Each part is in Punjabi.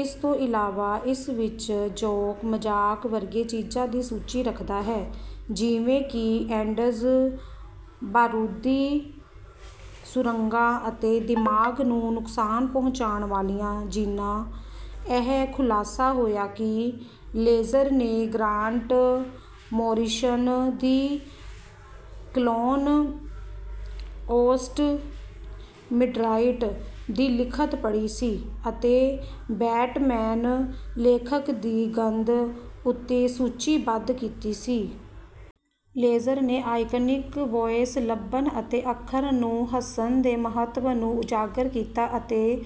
ਇਸ ਤੋਂ ਇਲਾਵਾ ਇਸ ਵਿੱਚ ਜੋਕ ਮਜ਼ਾਕ ਵਰਗੇ ਚੀਜ਼ਾਂ ਦੀ ਸੂਚੀ ਰੱਖਦਾ ਹੈ ਜਿਵੇਂ ਕਿ ਏਡਜ਼ ਬਾਰੂਦੀ ਸੁਰੰਗਾਂ ਅਤੇ ਦਿਮਾਗ ਨੂੰ ਨੁਕਸਾਨ ਪਹੁੰਚਾਉਣ ਵਾਲੀਆਂ ਜੀਨਾਂ। ਇਹ ਖੁਲਾਸਾ ਹੋਇਆ ਕਿ ਲੇਜ਼ਰ ਨੇ ਗ੍ਰਾਂਟ ਮੋਰੀਸਨ ਦੀ ਕਲੋਨ ਔਸਟ ਮਿਡਰਾਇਟ ਦੀ ਲਿਖਤ ਪੜ੍ਹੀ ਸੀ ਅਤੇ ਬੈਟਮੈਨ ਲੇਖਕ ਦੀ ਗੱਦ ਉੱਤੇ ਸੂਚੀਬੱਧ ਕੀਤੀ ਸੀ। ਲੇਜਰ ਨੇ ਆਈਕਨਿਕ ਵੌਇਸ ਲੱਭਣ ਅਤੇ ਅੱਖਰ ਨੂੰ ਹੱਸਣ ਦੇ ਮਹੱਤਵ ਨੂੰ ਉਜਾਗਰ ਕੀਤਾ ਅਤੇ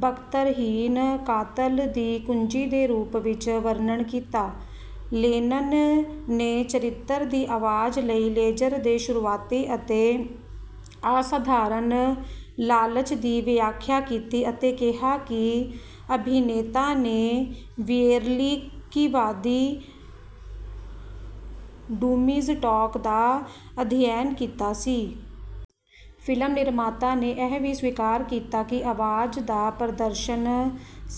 ਬਖਤਰਹੀਣ ਕਾਤਲ ਦੀ ਕੁੰਜੀ ਦੇ ਰੂਪ ਵਿੱਚ ਵਰਣਨ ਕੀਤਾ। ਨੋਲਨ ਨੇ ਚਰਿੱਤਰ ਦੀ ਆਵਾਜ਼ ਲਈ ਲੇਜ਼ਰ ਦੇ ਸ਼ੁਰੂਆਤੀ ਅਤੇ ਅਸਾਧਾਰਣ ਲਾਲਚ ਦੀ ਵਿਆਖਿਆ ਕੀਤੀ ਅਤੇ ਕਿਹਾ ਕਿ ਅਭਿਨੇਤਾ ਨੇ ਵਿਅਰੇਲਕੀਵਾਦੀ ਡੂਮਿਜ਼ ਟਾਕ ਦਾ ਅਧਿਐਨ ਕੀਤਾ ਸੀ। ਫਿਲਮ ਨਿਰਮਾਤਾ ਨੇ ਇਹ ਵੀ ਸਵੀਕਾਰ ਕੀਤਾ ਕਿ ਆਵਾਜ਼ ਦਾ ਪ੍ਰਦਰਸ਼ਨ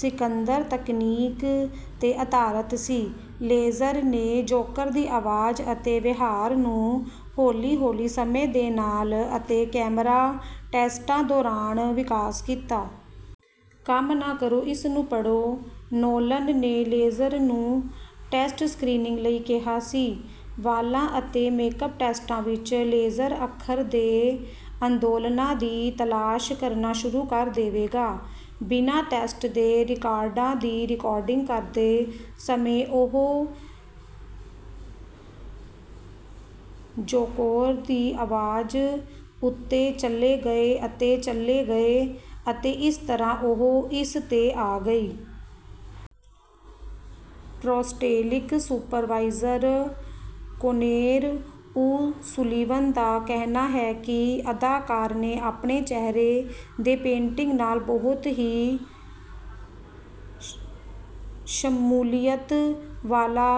ਸਿਕੰਦਰ ਤਕਨੀਕ ਤੇ ਅਧਾਰਤ ਸੀ। ਲੇਜ਼ਰ ਨੇ ਜੋਕਰ ਦੀ ਆਵਾਜ਼ ਅਤੇ ਵਿਹਾਰ ਨੂੰ ਹੌਲੀ ਹੌਲੀ ਸਮੇਂ ਦੇ ਨਾਲ ਅਤੇ ਕੈਮਰਾ ਟੈਸਟਾਂ ਦੌਰਾਨ ਵਿਕਾਸ ਕੀਤਾ। ਕੰਮ ਨਾ ਕਰੋ ਇਸ ਨੂੰ ਪੜ੍ਹੋ ਨੋਲਨ ਨੇ ਲੇਜ਼ਰ ਨੂੰ ਟੈਸਟ ਸਕ੍ਰੀਨਿੰਗ ਲਈ ਕਿਹਾ ਸੀ। ਵਾਲਾਂ ਅਤੇ ਮੇਕਅਪ ਟੈਸਟਾਂ ਵਿੱਚ ਲੇਜ਼ਰ ਅੱਖਰ ਦੇ ਅੰਦੋਲਨਾਂ ਦੀ ਤਲਾਸ਼ ਕਰਨਾ ਸ਼ੁਰੂ ਕਰ ਦੇਵੇਗਾ। ਬਿਨਾਂ ਟੈਸਟ ਦੇ ਰਿਕਾਰਡਾਂ ਦੀ ਰਿਕਾਰਡਿੰਗ ਕਰਦੇ ਸਮੇਂ ਉਹ ਜੋਕੋਰ ਦੀ ਆਵਾਜ਼ ਉੱਤੇ ਚਲੇ ਗਏ ਅਤੇ ਚਲੇ ਗਏ ਅਤੇ ਇਸ ਤਰ੍ਹਾਂ ਉਹ ਇਸ ਤੇ ਆ ਗਈ। Prosthetic supervisor Conor O'Sullivan ਦਾ ਕਹਿਣਾ ਹੈ ਕਿ ਅਦਾਕਾਰ ਨੇ ਆਪਣੇ ਚਿਹਰੇ ਦੇ ਪੇਂਟਿੰਗ ਨਾਲ ਬਹੁਤ ਹੀ ਸ਼ਮੂਲੀਅਤ ਵਾਲਾ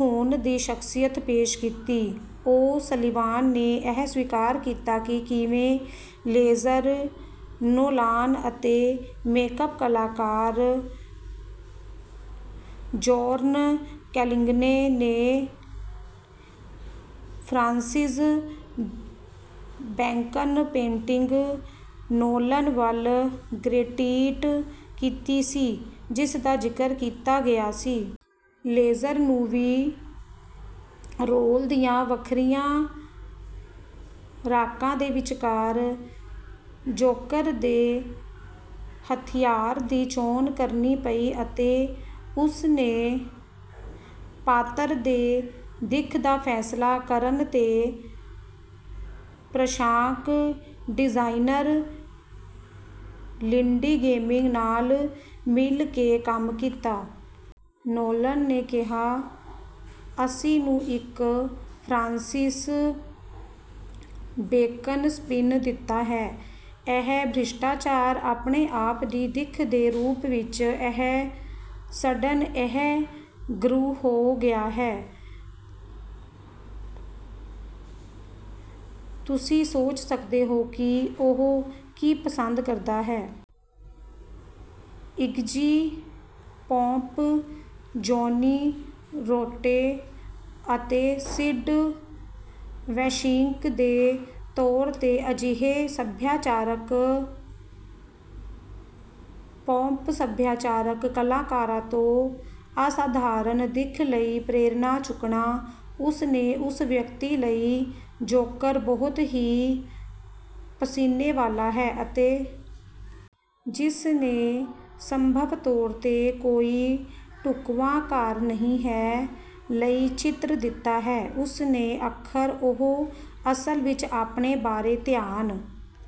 ਹੋਣ ਦੀ ਸ਼ਖਸੀਅਤ ਪੇਸ਼ ਕੀਤੀ। ਓ ਸਲੀਵਾਨ ਨੇ ਇਹ ਸਵੀਕਾਰ ਕੀਤਾ ਕਿ ਕਿਵੇਂ ਲੇਜਰ ਨੋਲਾਨ ਅਤੇ ਮੇਕਅਪ ਕਲਾਕਾਰ ਜੌਨ ਕੈਗਲਿਨੋ ਨੇ ਫਰਾਂਸਿਸ ਬੈਕਨ ਪੇਂਟਿੰਗ ਨੋਲਨ ਵੱਲ ਗਰੇਟੀਟ ਕੀਤੀ ਸੀ ਜਿਸ ਦਾ ਜ਼ਿਕਰ ਕੀਤਾ ਗਿਆ ਸੀ। ਲੇਜ਼ਰ ਨੂੰ ਵੀ ਰੋਲ ਦੀਆਂ ਵੱਖਰੀਆਂ ਰਾਕਾਂ ਦੇ ਵਿਚਕਾਰ ਜੋਕਰ ਦੇ ਹਥਿਆਰ ਦੀ ਚੋਣ ਕਰਨੀ ਪਈ ਅਤੇ ਉਸ ਨੇ ਪਾਤਰ ਦੇ ਦਿੱਖ ਦਾ ਫੈਸਲਾ ਕਰਨ ਤੇ ਪੁਸ਼ਾਕ ਡਿਜ਼ਾਈਨਰ ਲਿੰਡੀ ਹੇਮਿੰਗ ਨਾਲ ਮਿਲ ਕੇ ਕੰਮ ਕੀਤਾ। ਨੋਲਨ ਨੇ ਕਿਹਾ ਅਸੀਂ ਨੂੰ ਇੱਕ ਫਰਾਂਸਿਸ ਬੇਕਨ ਸਪਿਨ ਦਿੱਤਾ ਹੈ ਇਹ ਭ੍ਰਿਸ਼ਟਾਚਾਰ ਆਪਣੇ ਆਪ ਦੀ ਦਿੱਖ ਦੇ ਰੂਪ ਵਿੱਚ ਇਹ ਸਡਨ ਇਹ ਗਰੂ ਹੋ ਗਿਆ ਹੈ। ਤੁਸੀਂ ਸੋਚ ਸਕਦੇ ਹੋ ਕਿ ਉਹ ਕੀ ਪਸੰਦ ਕਰਦਾ ਹੈ। ਇਗਜੀ ਪੋਪ ਜੌਨੀ ਰੋਟੇ ਅਤੇ ਸਿਡ ਵੈਸ਼ੀਕ ਦੇ ਤੌਰ ਤੇ ਅਜਿਹੇ ਸੱਭਿਆਚਾਰਕ ਪੌਪ ਸੱਭਿਆਚਾਰਕ ਕਲਾਕਾਰਾਂ ਤੋਂ ਅਸਾਧਾਰਣ ਦਿੱਖ ਲਈ ਪ੍ਰੇਰਨਾ ਚੁੱਕਣਾ। ਉਸ ਨੇ ਉਸ ਵਿਅਕਤੀ ਲਈ ਜੋਕਰ ਬਹੁਤ ਹੀ ਪਸੀਨੇ ਵਾਲਾ ਹੈ ਅਤੇ ਜਿਸ ਨੇ ਸੰਭਵ ਤੌਰ ਤੇ ਕੋਈ ਢੁਕਵਾਂ ਘਰ ਨਹੀਂ ਹੈ ਲਈ ਚਿੱਤਰ ਦਿੱਤਾ ਹੈ ਉਸਨੇ ਅੱਖਰ ਉਹ ਅਸਲ ਵਿੱਚ ਆਪਣੇ ਬਾਰੇ ਧਿਆਨ